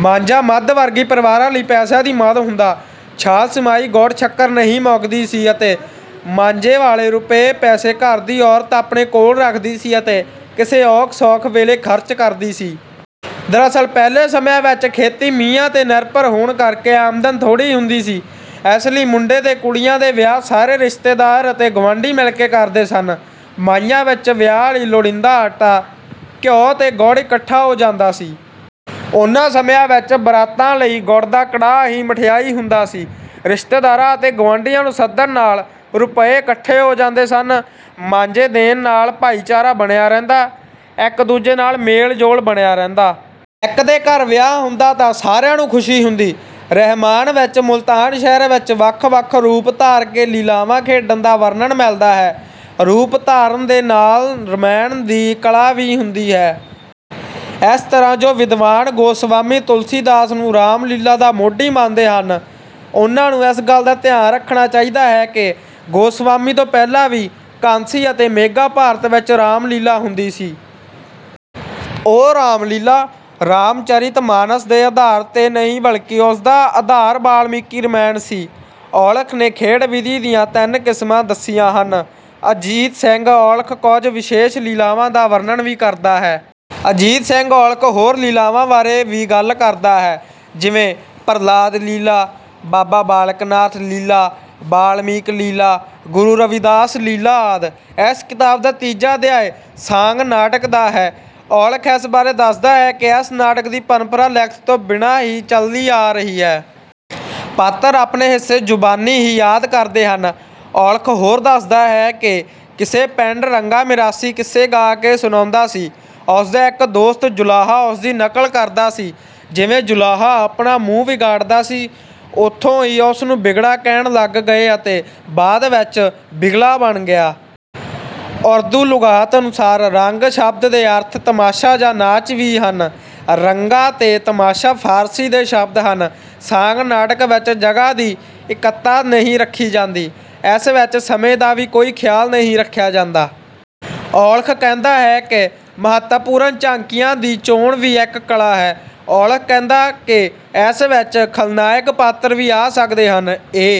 ਮਾਂਜਾ ਮੱਧ-ਵਰਗੀ ਪਰਿਵਾਰਾਂ ਲਈ ਪੈਸਿਆਂ ਦੀ ਮਦ ਹੁੰਦਾ। ਸਾਲ ਛਿਮਾਹੀ ਗੁੜ ਸ਼ੱਕਰ ਨਹੀਂ ਮੁੱਕਦੀ ਸੀ ਅਤੇ ਮਾਂਜੇ ਵਾਲੇ ਰੁਪਏ ਪੈਸੇ ਘਰ ਦੀ ਔਰਤ ਆਪਣੇ ਕੋਲ ਰੱਖਦੀ ਸੀ ਅਤੇ ਕਿਸੇ ਔਖ ਸੌਖ ਵੇਲੇ ਖਰਚ ਕਰਦੀ ਸੀ। ਦਰਅਸਲ ਪਹਿਲੇ ਸਮਿਆਂ ਵਿੱਚ ਖੇਤੀ ਮੀਂਹਾਂ ਤੇ ਨਿਰਭਰ ਹੋਣ ਕਰਕੇ ਆਮਦਨ ਥੋੜ੍ਹੀ ਹੀ ਹੁੰਦੀ ਸੀ। ਇਸ ਲਈ ਮੁੰਡੇ ਕੁੜੀਆਂ ਦੇ ਵਿਆਹ ਸਾਰੇ ਰਿਸ਼ਤੇਦਾਰ ਅਤੇ ਗੁਆਂਢੀ ਮਿਲ ਕੇ ਕਰਦੇ ਸਨ। ਮਾਈਆਂ ਵਿੱਚ ਵਿਆਹ ਲਈ ਲੋੜੀਂਦਾ ਆਟਾ, ਘਿਉ ਤੇ ਗੁੜ ਇਕੱਠਾ ਹੋ ਜਾਂਦਾ ਸੀ। ਉਨ੍ਹਾਂ ਸਮਿਆਂ ਵਿੱਚ ਬਰਾਤਾਂ ਲਈ ਗੁੜ ਦਾ ਕੜਾਹ ਹੀ ਮਠਿਆਈ ਹੁੰਦਾ ਸੀ। ਰਿਸ਼ਤੇਦਾਰਾਂ ਅਤੇ ਗੁਆਂਢੀਆਂ ਨੂੰ ਸੱਦਣ ਨਾਲ ਰੁਪਏ ਇਕੱਠੇ ਹੋ ਜਾਂਦੇ ਸਨ। ਮਾਂਜੇ ਦੇਣ ਲੈਣ ਨਾਲ ਭਾਈਚਾਰਾ ਬਣਿਆ ਰਹਿੰਦਾ, ਇੱਕ ਦੂਜੇ ਨਾਲ ਮੇਲ-ਜੋਲ ਬਣਿਆ ਰਹਿੰਦਾ। ਇੱਕ ਦੇ ਘਰ ਵਿਆਹ ਹੁੰਦਾ ਤਾਂ ਸਾਰਿਆਂ ਨੂੰ ਖੁਸ਼ੀ ਹੁੰਦੀ। ਰਹਿਮਾਨ ਵਿੱਚ ਮੁਲਤਾਨ ਸ਼ਹਿਰ ਵਿੱਚ ਵੱਖ ਵੱਖ ਰੂਪ ਧਾਰ ਕੇ ਲੀਲਾਵਾਂ ਖੇਡਣ ਦਾ ਵਰਣਨ ਮਿਲਦਾ ਹੈ। ਰੂਪ ਧਾਰਨ ਦੇ ਨਾਲ ਰਾਮਾਇਣ ਦੀ ਕਲਾ ਵੀ ਹੁੰਦੀ ਹੈ। ਇਸ ਤਰ੍ਹਾਂ ਜੋ ਵਿਦਵਾਨ ਗੋਸਵਾਮੀ ਤੁਲਸੀ ਦਾਸ ਨੂੰ ਰਾਮ ਲੀਲਾ ਦਾ ਮੋਢੀ ਮੰਨਦੇ ਹਨ, ਉਨ੍ਹਾਂ ਨੂੰ ਇਸ ਗੱਲ ਦਾ ਧਿਆਨ ਰੱਖਣਾ ਚਾਹੀਦਾ ਹੈ ਕਿ ਗੋਸਵਾਮੀ ਤੋਂ ਪਹਿਲਾਂ ਵੀ ਕਾਂਸੀ ਅਤੇ ਮੇਘਾ ਭਾਰਤ ਵਿੱਚ ਰਾਮ ਲੀਲਾ ਹੁੰਦੀ ਸੀ। ਉਹ ਰਾਮਲੀਲਾ, ਰਾਮ ਚਰਿਤ ਮਾਨਸ ਦੇ ਆਧਾਰ ਤੇ ਨਹੀਂ ਬਲਕਿ ਉਸ ਦਾ ਆਧਾਰ ਬਾਲਮੀਕੀ ਰਾਮਾਇਣ ਸੀ। ਔਲਖ ਨੇ ਖੇਡ ਵਿਧੀ ਦੀਆਂ ਤਿੰਨ ਕਿਸਮਾਂ ਦੱਸੀਆਂ ਹਨ। ਅਜੀਤ ਸਿੰਘ ਔਲਖ ਕੁਝ ਵਿਸ਼ੇਸ਼ ਲੀਲਾਵਾਂ ਦਾ ਵਰਣਨ ਵੀ ਕਰਦਾ ਹੈ। ਅਜੀਤ ਸਿੰਘ ਔਲਖ ਹੋਰ ਲੀਲਾਵਾਂ ਬਾਰੇ ਵੀ ਗੱਲ ਕਰਦਾ ਹੈ। ਜਿਵੇਂ ਪ੍ਰਲਾਦ ਲੀਲਾ, ਬਾਬਾ ਬਾਲਕ ਨਾਥ ਲੀਲਾ, ਬਾਲਮੀਕ ਲੀਲਾ, ਗੁਰੂ ਰਵਿਦਾਸ ਲੀਲਾ ਆਦਿ। ਇਸ ਕਿਤਾਬ ਦਾ ਤੀਜਾ ਅਧਿਆਇ ਸਾਂਗ ਨਾਟਕ ਦਾ ਹੈ। ਔਲਖ ਇਸ ਬਾਰੇ ਦੱਸਦਾ ਹੈ ਕਿ ਇਸ ਨਾਟਕ ਦੀ ਪਰੰਪਰਾ ਲਿਖਤ ਤੋਂ ਬਿਨਾਂ ਹੀ ਚਲੀ ਆ ਰਹੀ ਹੈ। ਪਾਤਰ ਆਪਣੇ ਹਿੱਸੇ ਜ਼ੁਬਾਨੀ ਹੀ ਯਾਦ ਕਰਦੇ ਹਨ। ਔਲਖ ਹੋਰ ਦੱਸਦਾ ਹੈ ਕਿ ਕਿਸੇ ਪਿੰਡ ਰੰਗਾ ਮਿਰਾਸੀ ਕਿੱਸੇ ਗਾ ਕੇ ਸੁਣਾਉਂਦਾ ਸੀ। ਉਸਦਾ ਇੱਕ ਦੋਸਤ ਜੁਲਾਹਾ ਉਸਦੀ ਨਕਲ ਕਰਦਾ ਸੀ। ਜਿਵੇਂ ਜੁਲਾਹਾ ਆਪਣਾ ਮੂੰਹ ਵਿਗਾੜਦਾ ਸੀ, ਉਥੋਂ ਹੀ ਉਸਨੂੰ ਬਿਗੜਾ ਕਹਿਣ ਲੱਗ ਗਏ ਅਤੇ ਬਾਅਦ ਵਿੱਚ ਬਿਗਲਾ ਬਣ ਗਿਆ। ਉਰਦੂ ਲੁਗਾਤ ਅਨੁਸਾਰ ਰੰਗ ਸ਼ਬਦ ਦੇ ਅਰਥ ਤਮਾਸ਼ਾ ਜਾਂ ਨਾਚ ਵੀ ਹਨ। ਰੰਗਾ ਅਤੇ ਤਮਾਸ਼ਾ ਫਾਰਸੀ ਦੇ ਸ਼ਬਦ ਹਨ। ਸਾਂਗ ਨਾਟਕ ਵਿੱਚ ਜਗ੍ਹਾ ਦੀ ਇੱਕਤਾ ਨਹੀਂ ਰੱਖੀ ਜਾਂਦੀ। ਇਸ ਵਿੱਚ ਸਮੇਂ ਦਾ ਵੀ ਕੋਈ ਖਿਆਲ ਨਹੀਂ ਰੱਖਿਆ ਜਾਂਦਾ। ਔਲਖ ਕਹਿੰਦਾ ਹੈ ਕਿ ਮਹੱਤਵਪੂਰਨ ਝਾਕੀਆਂ ਦੀ ਚੋਣ ਵੀ ਇੱਕ ਕਲਾ ਹੈ। ਔਲਖ ਕਹਿੰਦਾ ਕਿ ਇਸ ਵਿੱਚ ਖਲਨਾਇਕ ਪਾਤਰ ਵੀ ਆ ਸਕਦੇ ਹਨ। ਇਹ